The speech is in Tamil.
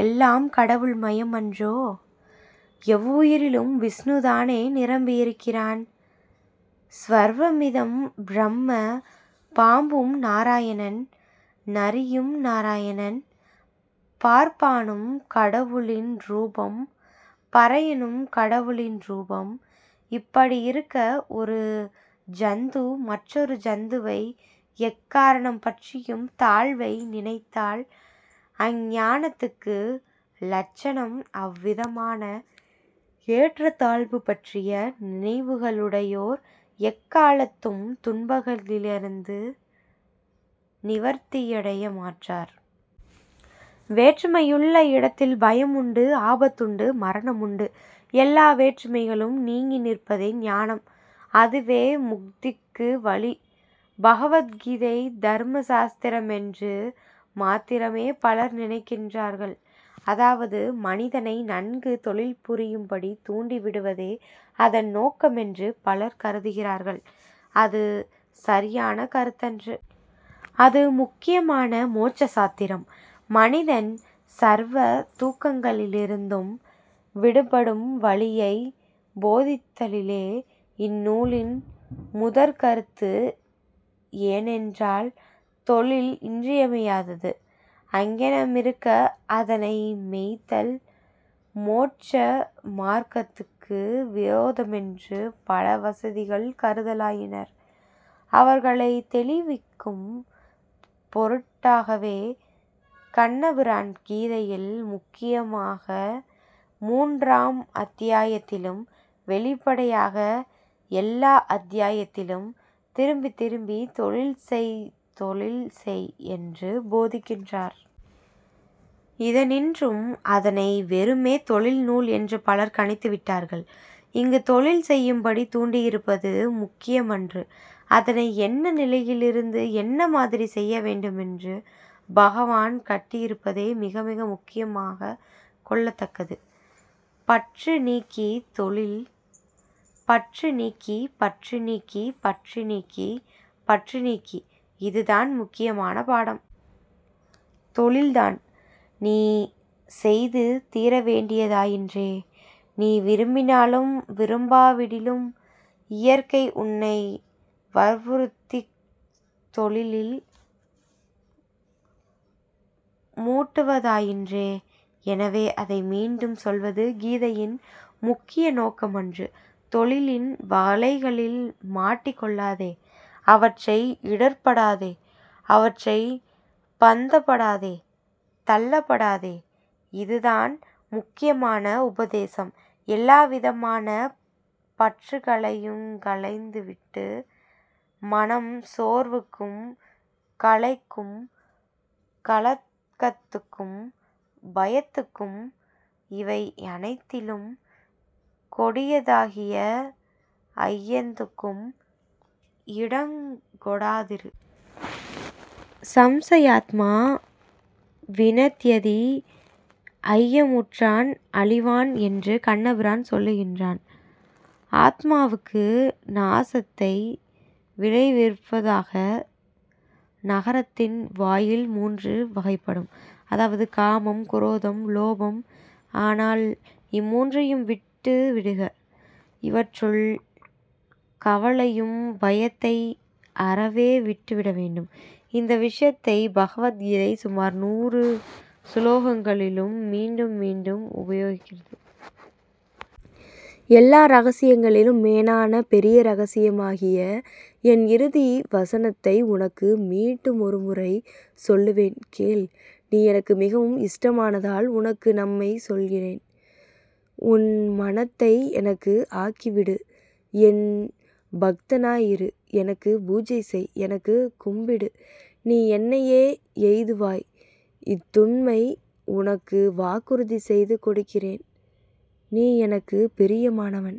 எல்லாம் கடவுள் மயம் அன்றோ? எவ்வுயிரிலும் விஷ்ணுதானே நிரம்பியிருக்கிறான்? ஸர்வமிதம் ப்ரஹ்ம, பாம்பும் நாராயணன், நரியும் நாராயணன். பார்ப்பானும் கடவுளின் ரூபம், பறையனும் கடவுளின் ரூபம், இப்படியிருக்க ஒரு ஜந்து மற்றொரு ஜந்துவை எக்காரணம் பற்றியும் தாழ்வாக நினைத்தல் அஞ்ஞானத்துக்கு லட்சணம். அவ்விதமான ஏற்றத் தாழ்வு பற்றிய நினைவுகளுடையோர் எக்காலத்தும் துன்பங்களிலிருந்து நிவர்த்தியடைய மாட்டார். வேற்றுமையுள்ள இடத்தில் பயமுண்டு, ஆபத்துண்டு, மரணமுண்டு. எல்லா வேற்றுமைகளும் நீங்கி நிற்பதே ஞானம். அதுவே முக்திக்கு வழி. பகவத் கீதை தர்ம சாஸ்திரமென்று மாத்திரமே பலர் நினைக்கின்றார்கள். அதாவது, மனிதனை நன்கு தொழில் புரியும்படி தூண்டி விடுவதே அதன் நோக்கமென்று பலர் கருதுகிறார்கள். இது சரியான கருத்தன்று. அது முக்கியமான மோட்ச சாஸ்திரம். மனிதன் சர்வ துக்கங்களிலிருந்தும் விடுபடும் வழியைப் போதித்தலே இந்நூலின் முதற்கருத்து. ஏனென்றால், தொழில் இன்றியமையாதது. அங்ஙனமிருக்க, அதனைச் செய்தல் மோட்ச மார்க்கத்துக்கு விரோதமென்று பல வாதிகள் கருதலாயினர். அவர்களைத் தெளிவிக்கும் பொருட்டாகவே, கண்ணபிரான் கீதையில், முக்கியமாக மூன்றாம் அத்தியாயத்திலும், பொதுப்படையாக எல்லா அத்தியாயங்களிலும், திரும்பத் திரும்பத் தொழில் செய் தொழில் செய் என்று போதிக்கின்றார். இதனின்றும், அதனை வெறுமே, தொழில் நூல் என்று பலர் கணித்து விட்டார்கள். இங்குத் தொழில் செய்யும்படி தூண்டியிருப்பது முக்கியமன்று. அதனை என்ன நிலையிலிருந்து, என்ன மாதிரிச் செய்ய வேண்டுமென்று பகவான் காட்டியிருப்பதே மிக மிக முக்கியமாகக் கொள்ளத் தக்கது. பற்று நீக்கித் தொழில், பற்று நீக்கி, பற்று நீக்கி, பற்று நீக்கி, பற்று நீக்கி இது தான் முக்கியமான பாடம். தொழில்தான் நீ செய்து தீரவேண்டியதாயிற்றே? நீ விரும்பினாலும் விரும்பாவிடினும் இயற்கை உன்னை வற்புறுத்தித் தொழிலில் மூட்டுவதாயிற்றே? எனவே அதை மீட்டும் சொல்வது கீதையின் முக்கிய நோக்கமன்று. தொழிலின் வலைகளில் மாட்டிக் கொள்ளாதே. அவற்றால் இடர்ப்படாதே. அவற்றால் பந்தப் படாதே. தளைப்படாதே. இதுதான் முக்கியமான உபதேசம். எல்லாவிதமான பற்றுகளையுங் களைந்துவிட்டு, மனச் சோர்வுக்கும் கவலைக்கும் கலக்கத்துக்கும் பயத்துக்கும் இவையனைத்திலுங் கொடியதாகிய ஐயத்துக்கும் இடங்கொடாதிரு. சம்சயாத்மா விநச்யதி, ஐயமுற்றோன் அழிவான் என்று கண்ணபிரான் சொல்லுகின்றான். ஆத்மாவுக்கு நாசத்தை விளைவிப்பதாகிய நரகத்தின் வாயில் மூன்று வகைப்படும். அதாவது காமம், குரோதம், லோபம். ஆதலால் இம்மூன்றையும் விட்டு விடுக. இவற்றுள் கவலையையும் பயத்தையும் அறவே விட்டுவிடவேண்டும். இந்த விஷயத்தை பகவத் கீதை சுமார் நூறு சுலோகங்களில் மீட்டும் மீட்டும் உபதேசிக்கிறது. எல்லா ரகசியங்களிலும் மேலான பெரிய ரகசியமாகிய என் இறுதி வசனத்தை உனக்கு மீட்டுமொருமுறை சொல்லுகிறேன், கேள். நீ எனக்கு மிகவும் இஷ்டனானதால், உனக்கு நன்மை சொல்லுகிறேன். உன் மனத்தை எனக்கு ஆக்கிவிடு. என் பக்தனாயிரு. எனக்குப் பூஜை செய். என்னைக் கும்பிடு. நீ என்னையே எய்துவாய். இஃதுண்மை. உனக்குப் வாக்குறுதி செய்து கொடுக்கிறேன். நீ எனக்குப் பிரியமானவன்.